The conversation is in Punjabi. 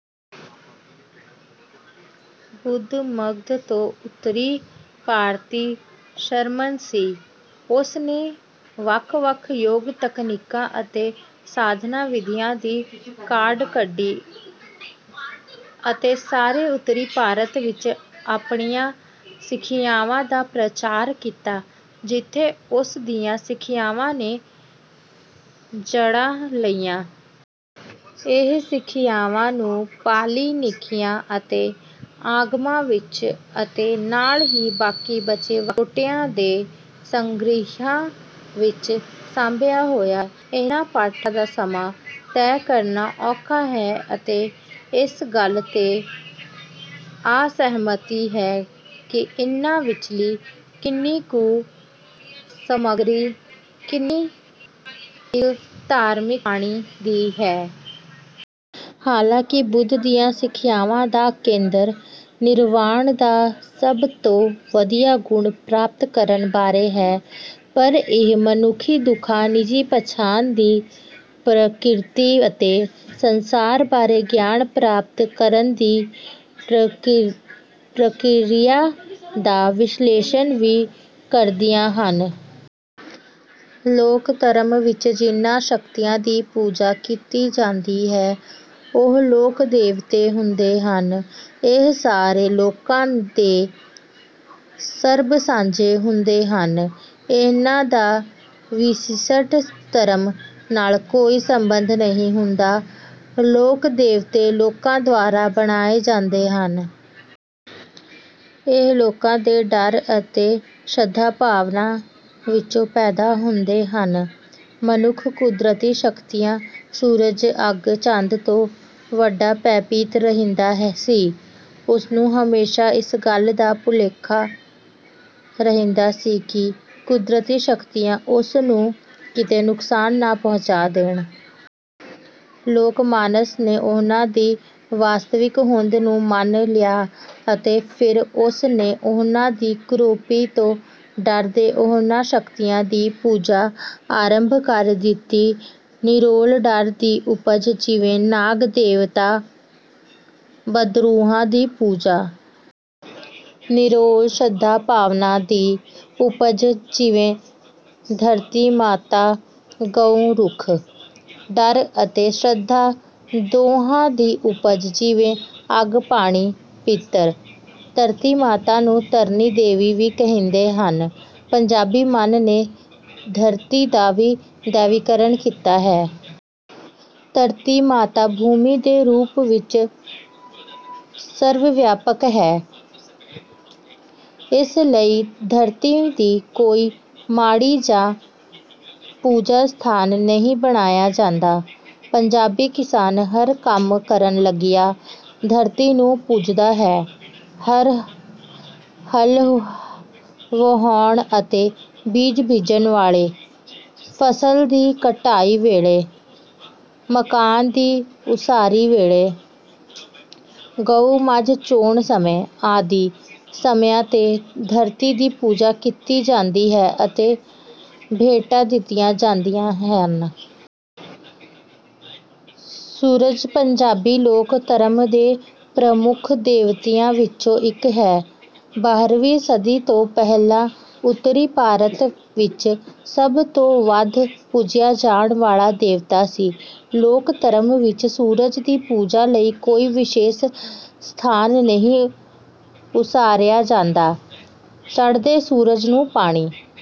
ਬੁੱਧ ਮਗਧ ਤੋਂ ਉੱਤਰੀ ਭਾਰਤੀ ਸ਼ਰਮਣ ਸੀ। ਉਸ ਨੇ ਵੱਖ ਵੱਖ ਯੋਗ ਤਕਨੀਕਾਂ ਅਤੇ ਸਾਧਨਾ ਵਿਧੀਆਂ ਦੀ ਕਾਢ ਕੱਢੀ ਅਤੇ ਸਾਰੇ ਉੱਤਰੀ ਭਾਰਤ ਵਿੱਚ ਆਪਣੀਆਂ ਸਿੱਖਿਆਵਾਂ ਦਾ ਪ੍ਰਚਾਰ ਕੀਤਾ ਜਿੱਥੇ ਉਸ ਦੀਆਂ ਸਿੱਖਿਆਵਾਂ ਨੇ ਜੜ੍ਹਾਂ ਲਾਈਆਂ। ਇਹ ਸਿੱਖਿਆਵਾਂ ਨੂੰ ਪਾਲੀ ਨਿਕਾਇਆਂ ਅਤੇ ਆਗਮਾਂ ਵਿੱਚ ਅਤੇ ਨਾਲ ਹੀ ਬਾਕੀ ਬਚੇ ਵੱਖ ਵੱਖ ਟੋਟਿਆਂ ਦੇ ਸੰਗ੍ਰਿਹਾਂ ਵਿੱਚ ਸਾਂਭਿਆ ਹੋਇਆ ਹੈ। ਇਹਨਾਂ ਪਾਠਾਂ ਦਾ ਸਮਾਂ ਤੈਅ ਕਰਨਾ ਔਖਾ ਹੈ ਅਤੇ ਇਸ ਗੱਲ ਤੇ ਅਸਹਿਮਤੀ ਹੈ ਕਿ ਇਨ੍ਹਾਂ ਵਿੱਚਲੀ ਕਿੰਨੀ ਕੁ ਸਮੱਗਰੀ ਕਿੰਨੀ ਇੱਕ ਧਾਰਮਿਕ ਬਾਣੀ ਦੀ ਹੈ। ਹਾਲਾਂਕਿ ਬੁੱਧ ਦੀਆਂ ਸਿੱਖਿਆਵਾਂ ਦਾ ਕੇਂਦਰ ਨਿਰਵਾਣ ਦਾ ਸਭ ਤੋਂ ਵਧੀਆ ਗੁਣ ਪ੍ਰਾਪਤ ਕਰਨ ਬਾਰੇ ਹੈ ਪਰ ਇਹ ਮਨੁੱਖੀ ਦੁੱਖਾਂ ਨਿੱਜੀ ਪਛਾਣ ਦੀ ਪ੍ਰਕਿਰਤੀ ਅਤੇ ਸੰਸਾਰ ਬਾਰੇ ਗਿਆਨ ਪ੍ਰਾਪਤ ਕਰਨ ਦੀ ਪ੍ਰਕਿਰਿਆ ਦਾ ਵਿਸ਼ਲੇਸ਼ਣ ਵੀ ਕਰਦੀਆਂ ਹਨ। ਲੋਕ ਧਰਮ ਵਿੱਚ ਜਿਨ੍ਹਾਂ ਸ਼ਕਤੀਆਂ ਦੀ ਪੂਜਾ ਕੀਤੀ ਜਾਂਦੀ ਹੈ ਉਹ ਲੋਕ ਦੇਵਤੇ ਹੁੰਦੇ ਹਨ। ਇਹ ਸਾਰੇ ਲੋਕਾਂ ਦੇ ਸਰਬ ਸਾਂਝੇ ਹੁੰਦੇ ਹਨ ਇਹਨਾਂ ਦਾ ਵਿਸ਼ਿਸ਼ਟ ਧਰਮ ਨਾਲ ਕੋਈ ਸੰਬੰਧ ਨਹੀਂ ਹੁੰਦਾ। ਲੋਕ ਦੇਵਤੇ ਲੋਕਾਂ ਦੁਆਰਾ ਬਣਾਏ ਜਾਂਦੇ ਹਨ। ਇਹ ਲੋਕਾਂ ਦੇ ਡਰ ਅਤੇ ਸ਼ਰਧਾ ਭਾਵਨਾ ਵਿੱਚੋਂ ਪੈਦਾ ਹੁੰਦੇ ਹਨ। ਮਨੁੱਖ ਕੁਦਰਤੀ ਸ਼ਕਤੀਆਂ ਸੂਰਜ ਅੱਗ ਚੰਦ ਤੋਂ ਬੜਾ ਭੈ ਭੀਤ ਰਹਿੰਦਾ ਸੀ। ਉਸਨੂੰ ਹਮੇਸ਼ਾ ਇਸ ਗੱਲ ਦਾ ਤੌਖਲਾ ਰਹਿੰਦਾ ਸੀ ਕਿ ਕੁਦਰਤੀ ਸ਼ਕਤੀਆਂ ਉਸ ਨੂੰ ਕਿਤੇ ਨੁਕਸਾਨ ਨਾ ਪਹੁੰਚਾ ਦੇਣ। ਲੋਕ ਮਾਨਸ ਨੇ ਇਹਨਾਂ ਦੀ ਵਾਸਤਵਿਕ ਹੋਂਦ ਨੂੰ ਮੰਨ ਲਿਆ ਅਤੇ ਫਿਰ ਉਸ ਨੇ ਇਨ੍ਹਾਂ ਦੀ ਕ੍ਰੋਪੀ ਤੋਂ ਡਰਦੇ ਉਹਨਾਂ ਸ਼ਕਤੀਆਂ ਦੀ ਪੂਜਾ ਆਰੰਭ ਕਰ ਦਿੱਤੀ। ਨਿਰੋਲ ਡਰ ਦੀ ਉਪਜ ਜਿਵੇਂ ਨਾਗ ਦੇਵਤਾ ਬਦਰੂਹਾਂ ਦੀ ਪੂਜਾ। ਨਿਰੋਲ ਸ਼ਰਧਾ ਭਾਵਨਾ ਦੀ ਉਪਜ ਜਿਵੇਂ ਧਰਤੀ ਮਾਤਾ ਗਊ ਰੁੱਖ। ਡਰ ਅਤੇ ਸ਼ਰਧਾ ਦੋਹਾਂ ਦੀ ਉਪਜ ਜਿਵੇਂ ਅੱਗ ਪਾਣੀ ਪਿੱਤਰ। ਧਰਤੀ ਮਾਤਾ ਨੂੰ ਧਰਨੀ ਦੇਵੀ ਵੀ ਕਹਿੰਦੇ ਹਨ। ਪੰਜਾਬੀ ਮਨ ਨੇ ਧਰਤੀ ਦਾ ਵੀ ਦੈਵੀਕਰਨ ਕੀਤਾ ਹੈ। ਧਰਤੀ ਮਾਤਾ ਭੂਮੀ ਦੇ ਰੂਪ ਵਿੱਚ ਸਰਵਵਿਆਪਕ ਹੈ ਇਸ ਲਈ ਧਰਤੀ ਦੀ ਕੋਈ ਮਾੜੀ ਜਾਂ ਪੂਜਾ ਸਥਾਨ ਨਹੀਂ ਬਣਾਇਆ ਜਾਂਦਾ। ਪੰਜਾਬੀ ਕਿਸਾਨ ਹਰ ਕੰਮ ਕਰਨ ਲੱਗਿਆ ਧਰਤੀ ਨੂੰ ਪੂਜਦਾ ਹੈ। ਹਲ ਵਾਹੁਣ ਅਤੇ ਬੀਜ ਬੀਜਣ ਵੇਲੇ ਫਸਲ ਦੀ ਕਟਾਈ ਵੇਲੇ ਨਵੇਂ ਮਕਾਨ ਦੀ ਉਸਾਰੀ ਵੇਲੇ ਗਊ ਮੱਝ ਚੋਣ ਸਮੇਂ ਆਦਿ ਸਮਿਆਂ ਤੇ ਧਰਤੀ ਦੀ ਪੂਜਾ ਕੀਤੀ ਜਾਂਦੀ ਹੈ ਅਤੇ ਭੇਟਾਂ ਦਿੱਤੀਆਂ ਜਾਂਦੀਆਂ ਹਨ। ਸੂਰਜ ਪੰਜਾਬੀ ਲੋਕ ਧਰਮ ਦੇ ਪ੍ਰਮੁੱਖ ਦੇਵਤਿਆਂ ਵਿੱਚੋਂ ਇੱਕ ਹੈ। ਬਾਰ੍ਹਵੀਂ ਸਦੀ ਤੋਂ ਪਹਿਲਾਂ ਉੱਤਰੀ ਭਾਰਤ ਵਿੱਚ ਸਭ ਤੋਂ ਵੱਧ ਪੂਜਿਆ ਜਾਣ ਵਾਲਾ ਦੇਵਤਾ ਸੀ। ਲੋਕ ਧਰਮ ਵਿੱਚ ਸੂਰਜ ਦੀ ਪੂਜਾ ਲਈ ਕੋਈ ਵਿਸ਼ੇਸ਼ ਸਥਾਨ ਨਹੀਂ ਉਸਾਰਿਆ ਜਾਂਦਾ। ਚੜ੍ਹਦੇ ਸੂਰਜ ਨੂੰ ਪਾਣੀ